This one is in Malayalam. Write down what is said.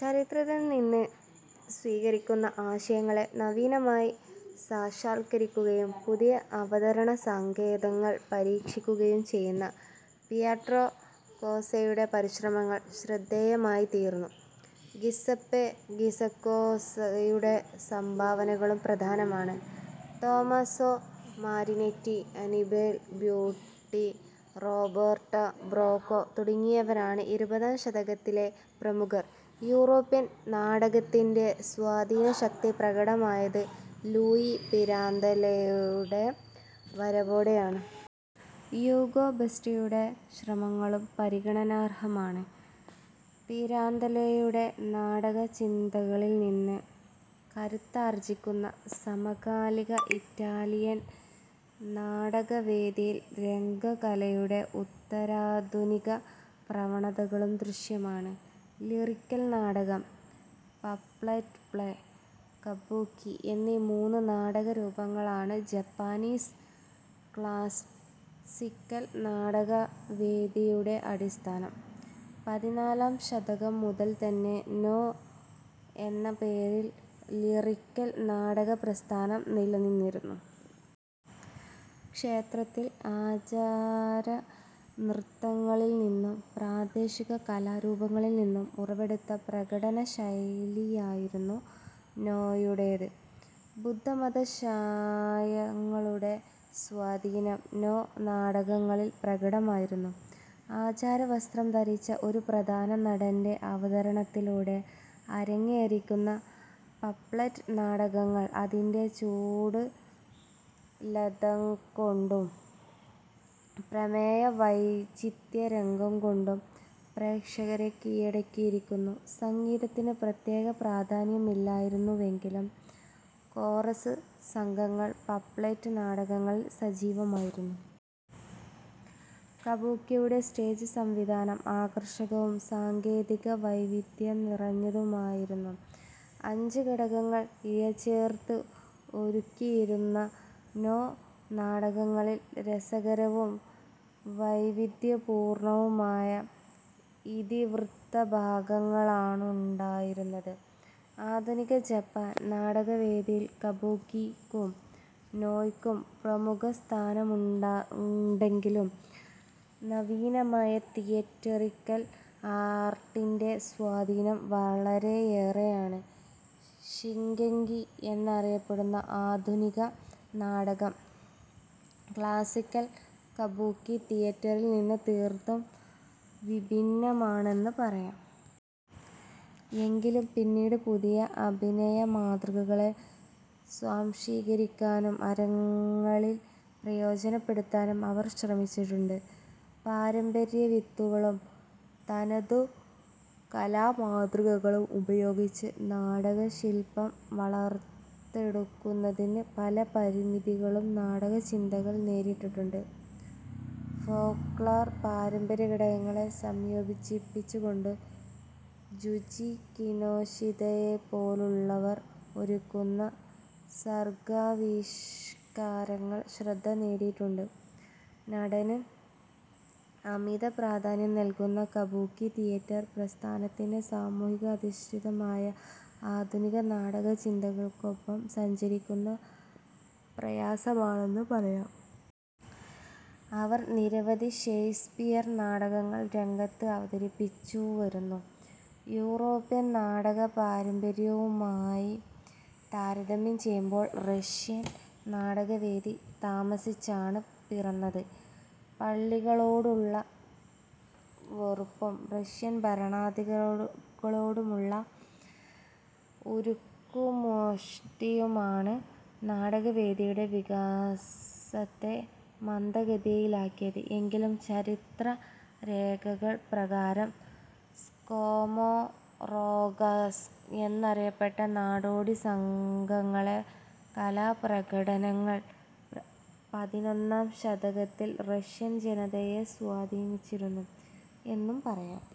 ചരിത്രത്തിൽനിന്ന് സ്വീകരിക്കുന്ന ആശയങ്ങളെ നവീനമായി സാക്ഷാത്കരിക്കുകയും പുതിയ അവതരണ സങ്കേതങ്ങൾ പരീക്ഷിക്കുകയും ചെയ്യുന്ന പിയട്രോ കോസ്സയുടെ പരിശ്രമങ്ങൾ, ശ്രദ്ധേയമായിത്തീർന്നു. ഗിസപ്പെഗി സ ക്കോസയുടെ സംഭാവനകളും പ്രധാനമാണ്. Tommaso Marinetti, Annibale Butti, Roberto Bracco തുടങ്ങിയവരാണ് ഇരുപതാം ശതകത്തിലെ പ്രമുഖർ. യൂറോപ്യൻ നാടകത്തിന്റെ സ്വാധീനശക്തി പ്രകടമായത് ലൂയി പിരാന്തലയുടെ വരവോടെയാണ്. യൂഗോ ബെറ്റിയുടെ ശ്രമങ്ങളും പരിഗണനാർഹമാണ്. പിരാന്തലോയുടെ നാടകചിന്തകളിൽനിന്ന് കരുത്താർജിക്കുന്ന സമകാലിക ഇറ്റാലിയൻ നാടകവേദിയിൽ, രംഗകലയുടെ ഉത്തരാധുനികപ്രവണതകളും ദൃശ്യമാണ്. ലിറിക്കൽ നാടകം, പപ്പറ്റ് പ്ലേ, കബുക്കി എന്നീ മൂന്ന് നാടകരൂപങ്ങളാണ് ജപ്പാനീസ് ക്ലാസ്സിക്കൽ നാടകവേദിയുടെ അടിസ്ഥാനം. പതിനാലാം ശതകം മുതൽതന്നെ 'നോ' എന്ന പേരിൽ ലിറിക്കൽ നാടകപ്രസ്ഥാനം നിലനിന്നിരുന്നു. ക്ഷേത്രങ്ങളിൽ ആചാരനൃത്തങ്ങളിൽനിന്നും പ്രാദേശിക കലാരൂപങ്ങളിൽനിന്നും ഉറവെടുത്ത പ്രകടനശൈലിയായിരുന്നു 'നോ'യുടേത്. ബുദ്ധമത ശായങ്ങളുടെ സ്വാധീനവും 'നോ' നാടകങ്ങളിൽ പ്രകടമായിരുന്നു. ആചാരവസ്ത്രം ധരിച്ച ഒരു പ്രധാന നടന്റെ അവതരണത്തിലൂടെ അരങ്ങേറിക്കുന്ന പപ്പറ്റ് നാടകങ്ങൾ അതിന്റെ ചടുലതകൊണ്ടും പ്രമേയവൈചിത്യ്രംകൊണ്ടും പ്രേക്ഷകരെ കീഴടക്കിയിരുന്നു. സംഗീതത്തിന് പ്രത്യേക പ്രാധാന്യമില്ലായിരുന്നുവെങ്കിലും കോറസ് സംഘങ്ങൾ പപ്പറ്റ് നാടകങ്ങളിൽ സജീവമായിരുന്നു. 'കബുക്കി'യുടെ സ്റ്റേജ് സംവിധാനം ആകർഷകവും സാങ്കേതികവൈദഗ്ദ്ധ്യം നിറഞ്ഞതുമായിരുന്നു. അഞ്ച് ഘടകങ്ങൾ ഇഴചേർത്ത് ഒരുക്കിയിരുന്ന 'നോ' നാടകങ്ങളിൽ രസകരവും വൈവിധ്യപൂർണവുമായ ഇതിവൃത്തഭാഗങ്ങളാണുണ്ടായിരുന്നത്. ആധുനിക ജപ്പാൻ നാടകവേദിയിൽ 'കബുക്കി'ക്കും 'നോ'യ്ക്കും പ്രമുഖസ്ഥാനമുണ്ടെങ്കിലും നവീനമായ തിയെറ്ററിക്കൽ ആർട്ടിന്റെ സ്വാധീനം വളരെയേറെയാണ്. 'ഷിങ്കെകി' എന്നറിയപ്പെടുന്ന ആധുനിക നാടകം, ക്ളാസ്സിക്കൽ കബുക്കി തിയേറ്ററിൽനിന്ന് തീർത്തും വിഭിന്നമാണെന്ന് പറയാം. എങ്കിലും പിന്നീട് പുതിയ അഭിനയമാതൃകകളെ സ്വാംശീകരിക്കാനും അരങ്ങൽ പ്രയോജനപ്പെടുത്താനും അവർ ശ്രമിച്ചിട്ടുണ്ട്. പാരമ്പര്യവിത്തുകളും തനതുകലാമാതൃകകളും ഉപയോഗിച്ച് നാടകശില്പം വളർത്തെടുക്കുന്നതിന് പല പരിമിതികളും നാടകചിന്തകർ നേരിടുന്നുണ്ട്. ഫോക്ലോർ പാരമ്പര്യഘടകങ്ങളെ സംയോജിപ്പിച്ചുകൊണ്ട് ജുഞ്ചി കിനോഷിതയെപ്പോലുള്ളവർ ഒരുക്കുന്ന സർഗാവിഷ്കാരങ്ങൾ ശ്രദ്ധ നേടിയിട്ടുണ്ട്. നടന് അമിതപ്രാധാന്യം നല്കുന്ന 'കബുക്കി' തിയേറ്റർ പ്രസ്ഥാനത്തിന് സാമൂഹികാധിഷ്ഠിതമായ ആധുനിക നാടകചിന്തകൾക്കൊപ്പം സഞ്ചരിക്കുക പ്രയാസമാണെന്ന് പറയാം. അവർ നിരവധി ഷെയ്ക്സ്പിയർ നാടകങ്ങൾ രംഗത്ത് അവതരിപ്പിച്ചുവരുന്നു. യൂറോപ്യൻ നാടകപാരമ്പര്യവുമായി താരതമ്യം ചെയ്യുമ്പോൾ, റഷ്യൻ നാടകവേദി താമസിച്ചാണ് പിറന്നത്. പള്ളികളോടുള്ള വെറുപ്പും റഷ്യൻ ഭരണാധികളോടുള്ള ഉരുക്കുമുഷ്ടിയുമാണ് നാടകവേദിയുടെ വികാസത്തെ മന്ദഗതിയിലാക്കിയത്. എങ്കിലും, ചരിത്രരേഖകൾ പ്രകാരം 'സ്കോമോറോഖാക്' എന്നറിയപ്പെട്ട നാടോടി സംഘങ്ങളെകലാപ്രകടനങ്ങൾ പതിനൊന്നാം ശതകത്തിൽ റഷ്യൻജനതയെ സ്വാധീനിച്ചിരുന്നു എന്നു പറയാം.